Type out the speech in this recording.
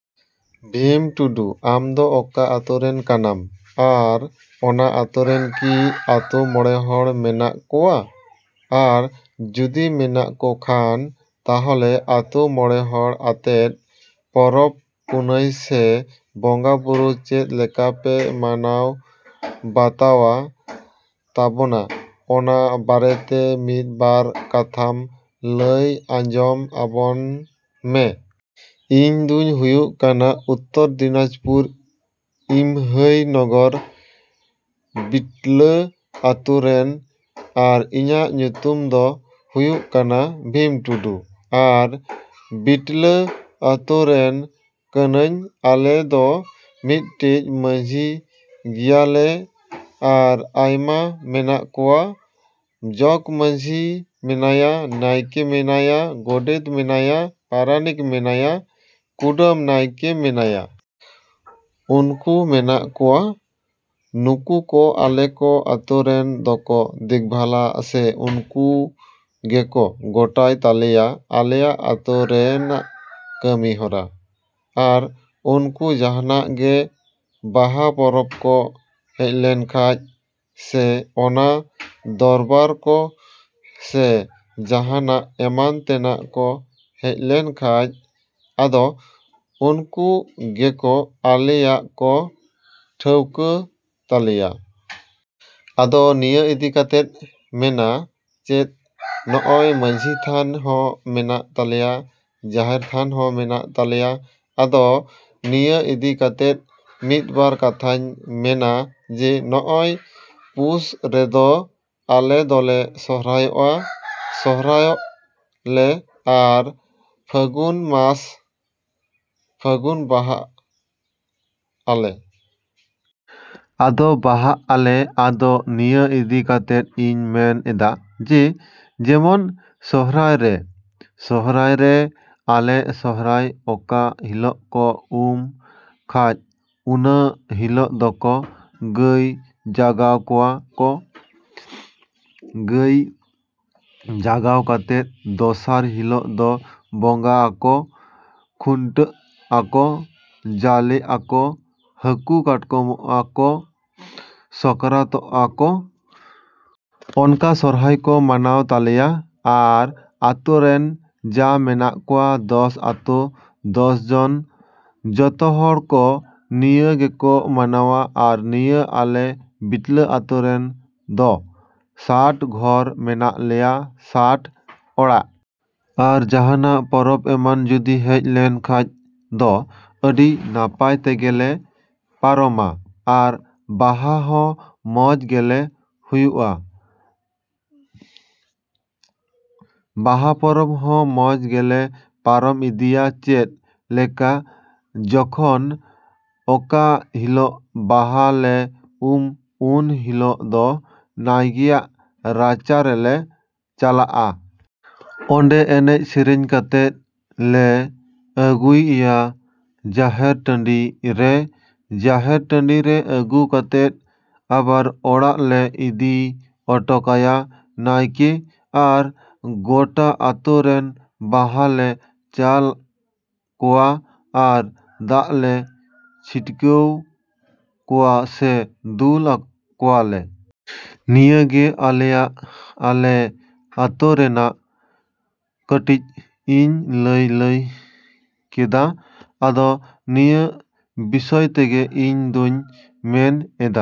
ᱵᱷᱤᱢ ᱴᱩᱰᱩ, ᱟᱢᱫᱚ ᱚᱠᱟ ᱟᱛᱳ ᱨᱮᱱ ᱠᱟᱱᱟᱢ ᱟᱨ ᱚᱱᱟ ᱟᱛᱳ ᱨᱮ ᱠᱤ ᱟᱛᱳ ᱢᱚᱬᱮ ᱦᱚᱲ ᱢᱮᱱᱟᱜ ᱠᱚᱣᱟ? ᱟᱨ ᱡᱩᱫᱤ ᱢᱮᱱᱟᱜ ᱠᱚᱠᱷᱟᱱ ᱛᱟᱦᱞᱮ ᱟᱛᱳ ᱢᱚᱬᱮ ᱦᱚᱲ ᱟᱛᱮᱫ ᱯᱚᱨᱚᱵᱽ ᱯᱩᱱᱟᱹᱭ ᱥᱮ ᱵᱚᱸᱜᱟᱼᱵᱩᱨᱩ ᱪᱮᱫ ᱞᱮᱠᱟᱯᱮ ᱢᱟᱱᱟᱣ ᱵᱟᱛᱟᱣ ᱛᱟᱵᱚᱱᱟ ᱚᱱᱟ ᱵᱟᱨᱮᱛᱮ ᱢᱤᱫ ᱵᱟᱨ ᱠᱟᱛᱷᱟ ᱞᱟᱹᱭ ᱟᱸᱡᱚᱢ ᱟᱵᱚᱱ ᱢᱮ᱾ ᱤᱧ ᱫᱩᱧ ᱦᱩᱭᱩᱜ ᱠᱟᱱᱟ ᱩᱛᱛᱚᱨ ᱫᱤᱱᱟᱡᱽᱯᱩᱨ ᱤᱢᱦᱟᱹᱭᱱᱚᱜᱚᱨ ᱵᱤᱴᱞᱟ ᱟᱛᱳ ᱨᱮᱱ ᱟᱨ ᱤᱧᱟᱹᱜ ᱧᱩᱛᱩᱢ ᱫᱚ ᱦᱩᱭᱩᱜ ᱠᱟᱱᱟ ᱵᱷᱤᱢ ᱴᱩᱰᱩ᱾ ᱟᱨ ᱵᱤᱴᱞᱟ ᱟᱛᱳ ᱨᱮᱱ ᱠᱟᱹᱱᱟᱹᱧ᱾ ᱟᱞᱮ ᱫᱚ ᱢᱤᱫᱴᱮᱡ ᱢᱟᱹᱡᱷᱤ ᱜᱮᱭᱟᱞᱮ ᱟᱨ ᱟᱭᱢᱟ ᱢᱮᱱᱟᱜ ᱠᱚᱣᱟ, ᱡᱚᱜᱽ ᱢᱟᱹᱡᱷᱤ ᱢᱮᱱᱟᱭᱟ, ᱱᱟᱭᱠᱮ ᱢᱮᱱᱟᱭᱟ, ᱜᱳᱰᱮᱛ ᱢᱮᱱᱟᱭᱟ, ᱯᱟᱨᱟᱱᱤᱠ ᱢᱮᱱᱟᱭᱟ, ᱠᱩᱰᱟᱹᱢ ᱱᱟᱭᱠᱮ ᱢᱮᱱᱟᱭᱟ᱾ ᱩᱱᱠᱩ ᱢᱮᱱᱟᱜ ᱠᱚᱣᱟ᱾ ᱱᱩᱠᱩ ᱠᱚ ᱟᱞᱮ ᱠᱚ ᱟᱛᱳ ᱨᱮᱱ ᱫᱚᱠᱚ ᱫᱮᱠᱷᱵᱷᱟᱞᱟ ᱥᱮ ᱩᱱᱠᱩ ᱜᱮᱠᱚ ᱜᱳᱴᱟᱭ ᱛᱟᱞᱮᱭᱟ ᱟᱞᱮᱭᱟᱜ ᱟᱛᱳ ᱨᱮᱱᱟᱜ ᱠᱟᱹᱢᱤᱦᱚᱨᱟ᱾ ᱟᱨ ᱩᱱᱠᱩ ᱡᱟᱦᱟᱱᱟᱜ ᱜᱮ ᱵᱟᱦᱟ ᱯᱚᱨᱚᱵᱽ ᱠᱚ ᱦᱮᱡ ᱞᱮᱱᱠᱷᱟᱡ ᱥᱮ ᱚᱱᱟ ᱫᱚᱨᱵᱟᱨ ᱠᱚ ᱥᱮ ᱡᱟᱦᱟᱱᱟᱜ ᱮᱢᱟᱱ ᱛᱮᱱᱟᱜ ᱠᱚ ᱦᱮᱡ ᱞᱮᱱᱠᱷᱟᱡ ᱟᱫᱚ ᱩᱱᱠᱩ ᱜᱮᱠᱚ ᱟᱞᱮᱭᱟᱜ ᱠᱚ ᱴᱷᱟᱹᱣᱠᱟᱹ ᱛᱟᱞᱮᱭᱟ᱾ ᱟᱫᱚ ᱱᱤᱭᱟᱹ ᱤᱫᱤ ᱠᱟᱛᱮᱫ ᱢᱮᱱᱟ, ᱪᱮᱫ ᱱᱚᱜᱼᱚᱭ ᱢᱟᱹᱡᱷᱤ ᱛᱷᱟᱱ ᱦᱚᱸ ᱢᱮᱱᱟᱜ ᱛᱟᱞᱮᱭᱟ, ᱡᱟᱦᱮᱨ ᱛᱷᱟᱱ ᱦᱚᱸ ᱢᱮᱱᱟᱜ ᱛᱟᱞᱮᱭᱟ᱾ ᱟᱫᱚ ᱱᱤᱭᱟᱹ ᱤᱫᱤ ᱠᱟᱛᱮᱫ ᱢᱤᱫ ᱵᱟᱨ ᱠᱟᱛᱷᱟᱧ ᱢᱮᱱᱟ ᱡᱮ ᱱᱚᱜᱼᱚᱭ ᱯᱩᱥ ᱨᱮᱫᱚ ᱟᱞᱮ ᱫᱚᱞᱮ ᱥᱚᱨᱦᱟᱭᱚᱜᱼᱟ᱾ ᱥᱚᱨᱦᱟᱭᱚᱜᱼᱟ ᱞᱮ ᱟᱨ ᱯᱷᱟᱹᱜᱩᱱ ᱢᱟᱥ, ᱯᱷᱟᱹᱜᱩᱱ ᱵᱟᱦᱟᱜ ᱟᱞᱮ᱾ ᱟᱫᱚ ᱵᱟᱦᱟᱜ ᱟᱞᱮ ᱟᱫᱚ ᱱᱤᱭᱟᱹ ᱤᱫᱤ ᱠᱟᱛᱮᱫ ᱤᱧ ᱢᱮᱱ ᱮᱫᱟ ᱡᱮ ᱡᱮᱢᱚᱱ ᱥᱚᱨᱦᱟᱭ ᱨᱮ, ᱥᱚᱨᱦᱟᱭ ᱨᱮ ᱟᱞᱮ ᱥᱚᱨᱦᱟᱭ ᱚᱠᱟ ᱦᱤᱞᱳᱜ ᱠᱚ ᱩᱢ ᱠᱷᱟᱡ ᱩᱱ ᱦᱤᱞᱳᱜ ᱫᱚᱠᱚ ᱜᱟᱹᱭ ᱡᱟᱜᱟᱣ ᱠᱚᱣᱟ ᱠᱚ᱾ ᱜᱟᱹᱭ ᱡᱟᱜᱟᱣ ᱠᱟᱛᱮᱫ ᱫᱚᱥᱟᱨ ᱦᱤᱞᱟᱹᱜ ᱫᱚ ᱵᱚᱸᱜᱟᱸᱜ ᱟᱠᱚ, ᱠᱷᱩᱱᱴᱟᱹᱜ ᱟᱠᱚ, ᱡᱟᱞᱮᱜ ᱟᱠᱚ, ᱦᱟᱹᱠᱩ ᱠᱟᱴᱠᱚᱢᱚᱜᱼᱟ ᱠᱚ, ᱥᱟᱠᱨᱟᱛᱚᱜᱼᱟ ᱠᱚ᱾ ᱚᱱᱠᱟ ᱥᱚᱨᱦᱟᱭ ᱠᱚ ᱢᱟᱱᱟᱣ ᱛᱟᱞᱮᱭᱟ᱾ ᱟᱨ ᱟᱛᱳ ᱨᱮᱱ ᱡᱟ ᱢᱮᱱᱟᱜ ᱠᱚᱣᱟ ᱫᱚᱥ ᱟᱛᱳ ᱫᱚᱥ ᱡᱚᱱ ᱡᱚᱛᱚᱦᱚᱲ ᱠᱚ ᱱᱤᱭᱟᱹ ᱜᱮᱠᱚ ᱢᱟᱱᱟᱣᱟ᱾ ᱟᱨ ᱱᱤᱭᱟᱹ ᱟᱞᱮ ᱵᱤᱴᱞᱟ ᱟᱛᱳ ᱨᱮᱱ ᱫᱚ ᱥᱟᱴ ᱜᱷᱚᱨ ᱢᱮᱱᱟᱜ ᱞᱮᱭᱟ, ᱥᱟᱴ ᱚᱲᱟᱜ᱾ ᱟᱨ ᱡᱟᱦᱟᱱᱟᱜ ᱯᱚᱨᱚᱵᱽ ᱮᱢᱟᱱ ᱡᱩᱫᱤ ᱦᱮᱡ ᱞᱮᱱᱠᱷᱟᱡ ᱫᱚ ᱟᱹᱰᱤ ᱱᱟᱯᱟᱭ ᱛᱮᱜᱮᱞᱮ ᱯᱟᱨᱚᱢᱟ᱾ ᱟᱨ ᱵᱟᱦᱟ ᱦᱚᱸ ᱢᱚᱡᱽ ᱜᱮᱞᱮ ᱦᱩᱭᱩᱜ, ᱵᱟᱦᱟ ᱯᱚᱨᱚᱵᱽ ᱦᱚᱸ ᱢᱚᱡᱽ ᱜᱮᱞᱮ ᱯᱟᱨᱚᱢ ᱤᱫᱤᱭᱟ᱾ ᱪᱮᱫ ᱞᱮᱠᱟ ᱡᱚᱠᱷᱚᱱ ᱚᱠᱟ ᱦᱤᱞᱳᱜ ᱵᱟᱦᱟ ᱞᱮ ᱩᱢ ᱩᱱ ᱦᱤᱞᱳᱜ ᱫᱚ ᱱᱟᱭᱠᱮᱭᱟᱜ ᱨᱟᱪᱟ ᱨᱮᱞᱮ ᱪᱟᱞᱟᱜᱼᱟ᱾ ᱚᱸᱰᱮ ᱮᱱᱮᱡᱼᱥᱮᱨᱮᱧ ᱠᱟᱛᱮᱫ ᱞᱮ ᱟᱹᱜᱩᱭ ᱮᱭᱟ ᱡᱟᱦᱮᱨ ᱴᱟᱺᱰᱤ ᱨᱮ᱾ ᱡᱟᱦᱮᱨ ᱴᱟᱺᱰᱤ ᱨᱮ ᱟᱹᱜᱩ ᱠᱟᱛᱮᱫ ᱟᱵᱟᱨ ᱚᱲᱟᱜ ᱞᱮ ᱤᱫᱤ ᱚᱴᱚ ᱠᱟᱭᱟ ᱱᱟᱭᱠᱮ᱾ ᱟᱨ ᱜᱳᱴᱟ ᱟᱛᱳ ᱨᱮᱱ ᱵᱟᱦᱟ ᱞᱮ ᱪᱟᱞ ᱠᱚᱣᱟ ᱟᱨ ᱫᱟᱜ ᱞᱮ ᱪᱷᱤᱴᱠᱟᱹᱣ ᱠᱚᱣᱟ ᱥᱮ ᱫᱩᱞ ᱠᱚᱣᱟᱞᱮ᱾ ᱱᱤᱭᱟᱹ ᱜᱮ ᱟᱞᱮᱭᱟᱜ ᱟᱞᱮ ᱟᱛᱳ ᱨᱮᱱᱟᱜ ᱠᱟᱹᱴᱤᱡ ᱤᱧ ᱞᱟᱹᱭ ᱞᱟᱹᱭ ᱠᱮᱫᱟ᱾ ᱟᱫᱚ ᱱᱤᱭᱟᱹ ᱵᱤᱥᱚᱭ ᱛᱮᱜᱮ ᱤᱧ ᱫᱚᱧ ᱢᱮᱱ ᱮᱫᱟ᱾